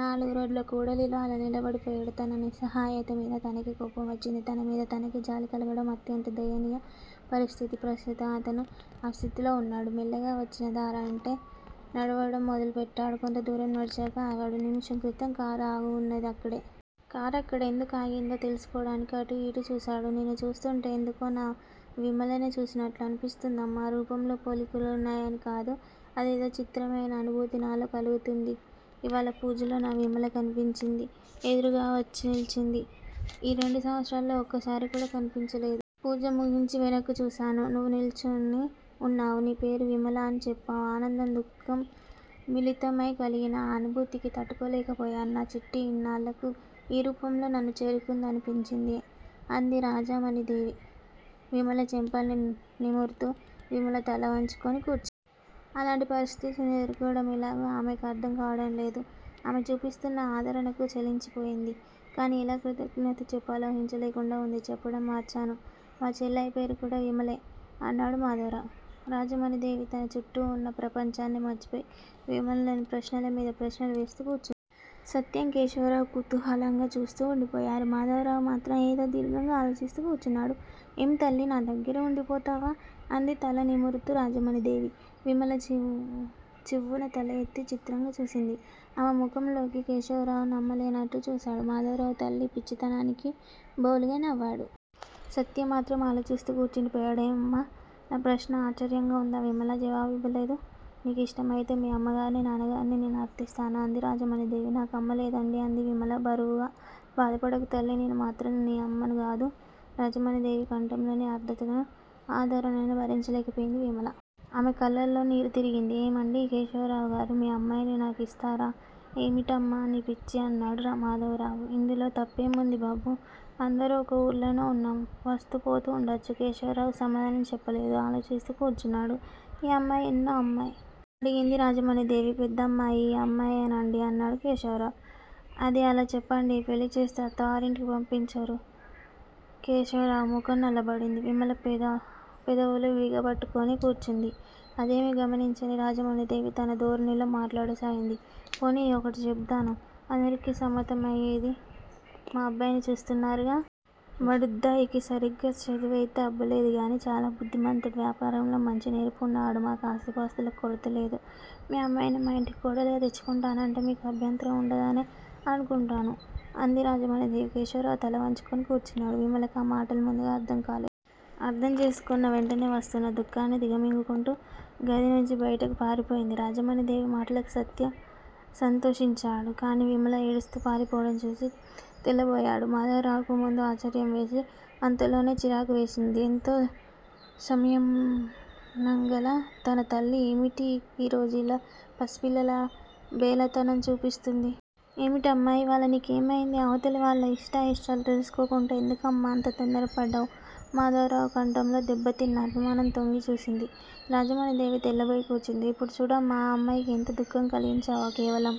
నాలుగురోడ్ల కూడలిలో అలా నిలబడిపోయాడు. తన నిస్సహాయత మీద తనకే కోపం వచ్చింది. తనమీద తనకే జాలి కలగడం అత్యంత దయనీయ పరిస్థితి. ప్రస్తుతం అతను ఆ స్థితిలో వున్నాడు. మెల్లగా వచ్చిన దారంటే నడవడం మొదలుపెట్టాడు. కొంత దూరం నడిచాక ఆగాడు. నిముషం క్రితం కారు ఆగివున్నది అక్కడే. కారు అక్కడ ఎందుకు ఆగిందో తెలుసుకోవడానికి అటూ ఇటూ చూశాడు. నిన్ను చూస్తుంటే ఎందుకో నా విమలనే చూసినట్లు అనిపిస్తుందమ్మా! రూపంలో పోలికలున్నాయని కాదు. అదేదో చిత్రమయిన అనుభూతి నాలో కలుగుతోంది. ఇవ్వాళ పూజలో నా విమల కనిపించింది. ఎదురుగావచ్చి నిల్చింది. ఈ రెండు సంవత్సరాల్లో ఒక్కసారికూడా కనిపించలేదు. పూజ ముగించి వెనక్కు చూశాను. నువ్వు నిల్చొని ఉన్నావు. నీ పేరు విమల అని చెప్పావు. ఆనందం దుఃఖం మిళితమై కలిగిన ఆ అనుభూతికి తట్టుకోలేకపోయాను. నా చిట్టి ఇన్నాళ్ళకు ఈ రూపంలో నన్ను చేరుకుందనిపించింది అంది రాజమణీదేవి విమల చెంపల్ని నిమురుతూ. విమల తల వంచుకొని కూర్చుంది. అలాంటి పరిస్థితిని ఎదుర్కోవడం ఎలాగో ఆమెకు అర్ధం కావటంలేదు. ఆమె చూపిస్తున్న ఆదరణకు చలించిపోయింది. కాని ఎలా కృతజ్ఞత చెప్పాలో ఊహించలేకుండా ఉంది. చెప్పడం మర్చాను, మా చెల్లాయి పేరుకూడా విమలే! అన్నాడు మాధవరావు. రాజమణీదేవి తన చుట్టూవున్న ప్రపంచాన్నే మర్చిపోయి విమలను ప్రశ్నలమీద ప్రశ్నలు వేస్తూ కూర్చుంది. సత్యం, కేశవరావు కుతూహలంగా చూస్తూ వుండిపోయారు. మాధవరావు మాత్రం ఏదో దీర్ఘంగా ఆలోచిస్తూ కూర్చున్నాడు. ఏం తల్లీ! నా దగ్గరే ఉండిపోతావా? అంది తల నిమురుతూ రాజమణీదేవి. విమల చివ్వున తల ఎత్తి చిత్రంగా చూసింది ఆమె ముఖంలోకి. కేశవరావు నమ్మలేనట్లు చూశాడు. మాధవరావు తల్లి పిచ్చితనానికి బోలుగా నవ్వాడు. సత్యం మాత్రం ఆలోచిస్తూ కూర్చుండిపోయాడు. ఏమ్మా! నా ప్రశ్న ఆశ్చర్యంగా వుందా? విమల జవాబివ్వలేదు. నీకు ఇష్టం అయితే మీ అమ్మగార్నీ, నాన్నగార్నీ నేను అర్ధిస్తాను అంది రాజమణీదేవి. నాకు అమ్మ లేదండీ! అంది విమల బరువుగా. బాధపడకు తల్లీ! నేనుమాత్రం ణీ అమ్మనుగాదూ? రాజమణీదేవి కంఠంలోని ఆర్ద్రతనూ, ఆదరణనూ భరించలేకపోయింది విమల. ఆమె కళ్ళలో నీరు తిరిగింది. ఏమండీ కేశవరావుగారూ! మీ అమ్మాయిని నాకు ఇస్తారా? ఏమిటమ్మా నీ పిచ్చి అన్నాడు మాధవరావు. ఇందులో తప్పేముంది బాబూ! అందరం ఒక ఊళ్ళోనే ఉన్నాం. వస్తూ పోతూ ఉండొచ్చు. కేశవరావు సమాధానం చెప్పలేదు. ఆలోచిస్తూ కూర్చున్నాడు. ఈ అమ్మాయి ఎన్నో అమ్మాయి? అడిగింది రాజమణీదేవి. పెద్దమ్మాయి ఈ అమ్మాయేనండి అన్నాడు కేశవరావు. అదీ అలా చెప్పండీ! పెళ్ళిచేస్తే అత్తవారింటికి పంపించరూ? కేశవరావు ముఖం నల్లబడింది. విమల పెదవులు బిగబట్టుకొని కూర్చుంది. అదేమీ గమనించని రాజమణీదేవి తన ధోరణిలో మాట్లాడసాగింది. పోనీయ్! ఒకటి చెబుతాను అందరికీ సమ్మతం అయేది. మా అబ్బాయిని చూస్తున్నారుగా? బడుద్దాయికి సరిగా చదివైతే అబ్బలేదుగాని చాలా బుద్ధిమంతుడు, వ్యాపారంలో మంచి నేర్పు ఉన్నవాడు. మాకు ఆస్థిపాస్తులకు కొరతలేదు. మీ అమ్మాయిని మా ఇంటికి కోడలుగా తెచ్చుకుంటానంటే మీకు అభ్యంతరం ఉండదనే అనుకుంటాను అంది రాజమణీదేవి. కేశవరావు తలవంచుకొని కూర్చున్నాడు. విమలకు ఆ మాటలు ముందుగా అర్ధంకాలేదు. అర్ధంచేసుకొన్న వెంటనే వస్తున్న దుఃఖాన్ని దిగమింగుకుంటూ గదినుంచి బయటకు పారిపోయింది. రాజమణీదేవి మాటలకు సత్యం సంతోషించాడు. కాని విమల ఏడుస్తూ పారిపోవడంచూసి తెల్లబోయాడు. మాధవరావుకు ముందు ఆశ్చర్యంవేసి. అంతలోనే చిరాకువేసింది. ఎంతో సంయమనంగల తన తల్లి ఏమిటి ఈ రోజు ఇలా పసిపిల్లలా బేలతనం చూపిస్తుంది! ఏమిటమ్మా! ఇవాళ నీకేమయింది? అవతలివాళ్ళ ఇష్టాయిష్టాలు తెలుసుకోకుండా ఎందుకమ్మా అంత తొందరపడ్డావు? మాధవరావు కంఠంలో దెబ్బతిన్న అభిమానం తొంగిచూసింది. రాజమణీదేవి తెల్లబోయి కూర్చుంది. ఇప్పుడు చూడమ్మా, ఆ అమ్మాయికి ఎంత దుఃఖం కలిగించావో? కేవలం